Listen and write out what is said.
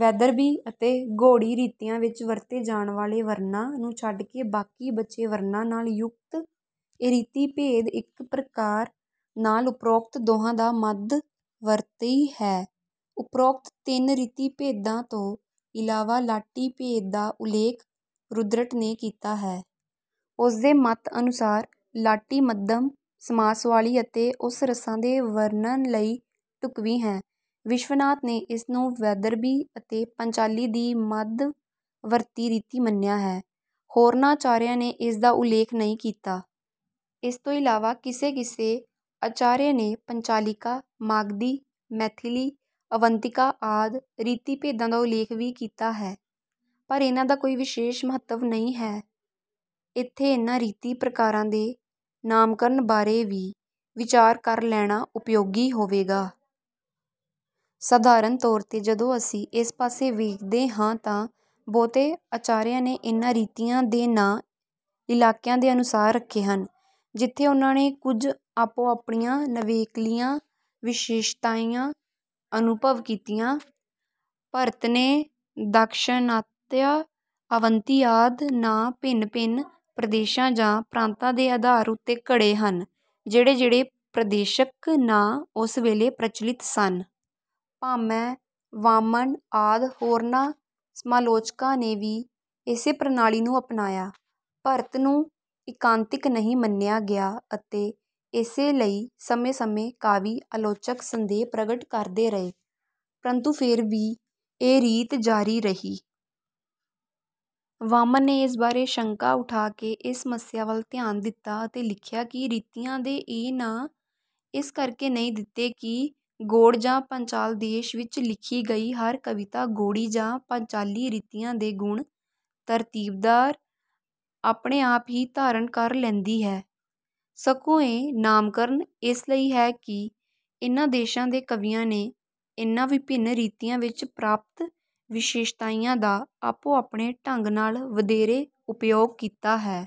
ਵੈਦਰਭੀ ਅਤੇ ਗੌੜੀ ਰੀਤੀਆਂ ਵਿੱਚ ਵਰਤੇ ਜਾਣ ਵਾਲੇ ਵਰਣਾਂ ਨੂੰ ਛੱਡ ਕੇ ਬਾਕੀ ਬਚੇ ਵਰਣਾਂ ਨਾਲ ਯੁਕਤ ਇਹ ਰੀਤੀ ਭੇਦ ਇੱਕ ਪ੍ਰਕਾਰ ਨਾਲ ਉਪਰੋਕਤ ਦੋਹਾਂ ਦਾ ਮੱਧ-ਵਰਤੀ ਹੈ। ਉਪਰੋਕਤ ਤਿੰਨ ਰੀਤੀ ਭੇਦਾਂ ਤੋਂ ਇਲਾਵਾ ਲਾਟੀ ਭੇਦ ਦਾ ਉਲੇਖ ਰੁਦ੍ਰਟ ਨੇ ਕੀਤਾ ਹੈ। ਉਸਦੇ ਮਤ ਅਨੁਸਾਰ ਲਾਟੀ ਮੱਧਮ-ਸਮਾਸ ਵਾਲੀ ਅਤੇ ਉਸ ਰਸਾਂ ਦੇ ਵਰਣਨ ਲਈ ਢੁਕਵੀਂ ਹੈ। ਵਿਸ਼ਵਨਾਥ ਨੇ ਇਸ ਨੂੰ ਵੈਦਰਭੀ ਅਤੇ ਪਂਚਾਲੀ ਦੀ ਮੱਧ-ਵਰਤੀ ਰੀਤੀ ਮੰਨਿਆ ਹੈ। ਹੋਰਨਾਂ ਆਚਾਰੀਆਂ ਨੇ ਇਸ ਦਾ ਉਲੇਖ ਨਹੀਂ ਕੀਤਾ। ਇਸ ਤੋਂ ਇਲਾਵਾ ਕਿਸੇ-ਕਿਸੇ ਆਚਾਰਯ ਨੇ ਪੰਚਾਲਿਕਾ, ਮਾਗਧੀ, ਮੈਥਿਲੀ, ਅਵੰਤਿਕਾ ਆਦਿ ਰੀਤੀ ਭੇਦਾਂ ਦਾ ਉਲੇਖ ਵੀ ਕੀਤਾ ਹੈ। ਪਰ ਇਨ੍ਹਾਂ ਦਾ ਕੋਈ ਵਿਸ਼ੇਸ਼ ਮਹੱਤਵ ਨਹੀਂ ਹੈ। ਇੱਥੇ ਇਨ੍ਹਾਂ ਰੀਤੀ ਪ੍ਰਕਾਰਾਂ ਦੇ ਨਾਮਕਰਨ ਬਾਰੇ ਵੀ ਵਿਚਾਰ ਕਰ ਲੈਣਾ ਉਪਯੋਗੀ ਹੋਵੇਗਾ। ਸਾਧਾਰਨ ਤੌਰ 'ਤੇ ਜਦੋਂ ਅਸੀਂ ਇਸ ਪਾਸੇ ਵੇਖਦੇ ਹਾਂ ਤਾਂ ਬਹੁਤੇ ਆਚਾਰੀਆਂ ਨੇ ਇਨ੍ਹਾਂ ਰੀਤੀਆਂ ਦੇ ਨਾਂ ਇਲਾਕਿਆਂ ਦੇ ਅਨੁਸਾਰ ਰੱਖੇ ਹਨ, ਜਿੱਥੇ ਉਨ੍ਹਾਂ ਨੇ ਕੁਝ ਆਪੋ-ਆਪਣੀਆਂ ਨਵੇਕਲੀਆਂ ਵਿਸ਼ੇਸ਼ਤਾਈਆਂ ਅਨੁਭਵ ਕੀਤੀਆਂ। ਭਰਤ ਨੇ ਦਾਕਸ਼ਣਾਤਯਾ, ਆਵੰਤੀ ਆਦਿ ਨਾਂ ਭਿੰਨ-ਭਿੰਨ ਪ੍ਰਦੇਸ਼ਾਂ ਜਾਂ ਪ੍ਰਾਂਤਾਂ ਦੇ ਅਧਾਰ ਉੱਤੇ ਘੜੇ ਹਨ, ਜਿਹੜੇ ਜਿਹੜੇ ਪ੍ਰਦੇਸ਼ਕ ਨਾਂ ਉਸ ਵੇਲੇ ਪ੍ਰਚਲਿਤ ਸਨ। ਭਾਮਹ, ਵਾਮਨ, ਆਦਿ ਹੋਰਨਾਂ ਸਮਾਲੋਚਕਾਂ ਨੇ ਵੀ ਇਸੇ ਪ੍ਰਣਾਲੀ ਨੂੰ ਅਪਣਾਇਆ। ਭਰਤ ਨੂੰ ਇੱਕਾਂਤਿਕ ਨਹੀਂ ਮੰਨਿਆ ਗਿਆ ਅਤੇ ਇਸੇ ਲਈ ਸਮੇਂ-ਸਮੇਂ ਕਾਵਿ-ਆਲੋਚਕ ਸੰਦੇਹ ਪ੍ਰਗਟ ਕਰਦੇ ਰਹੇ, ਪ੍ਰੰਤੂ ਫੇਰ ਵੀ ਇਹ ਰੀਤ ਜਾਰੀ ਰਹੀ। ਵਾਮਨ ਨੇ ਇਸ ਬਾਰੇ ਸ਼ੰਕਾ ਉਠਾ ਕੇ ਇਸ ਸਮੱਸਿਆ ਵੱਲ ਧਿਆਨ ਦਿੱਤਾ ਅਤੇ ਲਿਖਿਆ ਕਿ ਰੀਤੀਆਂ ਦੇ ਇਹ ਨਾਂ ਇਸ ਕਰਕੇ ਨਹੀਂ ਦਿੱਤੇ ਕਿ ਗੌੜ ਜਾਂ ਪਾਂਚਾਲ ਦੇਸ਼ ਵਿੱਚ ਲਿਖੀ ਗਈ ਹਰ ਕਵਿਤਾ ਗੌੜੀ ਜਾਂ ਪਾਂਚਾਲੀ ਰੀਤੀਆਂ ਦੇ ਗੁਣ ਤਰਤੀਬਵਾਰ ਆਪਣੇ ਆਪ ਹੀ ਧਾਰਨ ਕਰ ਲੈਂਦੀ ਹੈ, ਸਗੋਂ ਇਹ ਨਾਮਕਰਨ ਇਸ ਲਈ ਹੈ ਕਿ ਇਨ੍ਹਾਂ ਦੇਸ਼ਾਂ ਦੇ ਕਵੀਆਂ ਨੇ ਇਨ੍ਹਾਂ ਵਿਭਿੰਨ ਰੀਤੀਆਂ ਵਿੱਚ ਪ੍ਰਾਪਤ ਵਿਸ਼ੇਸ਼ਤਾਈਆਂ ਦਾ ਆਪੋ-ਆਪਣੇ ਢੰਗ ਨਾਲ ਵਧੇਰੇ ਉਪਯੋਗ ਕੀਤਾ ਹੈ।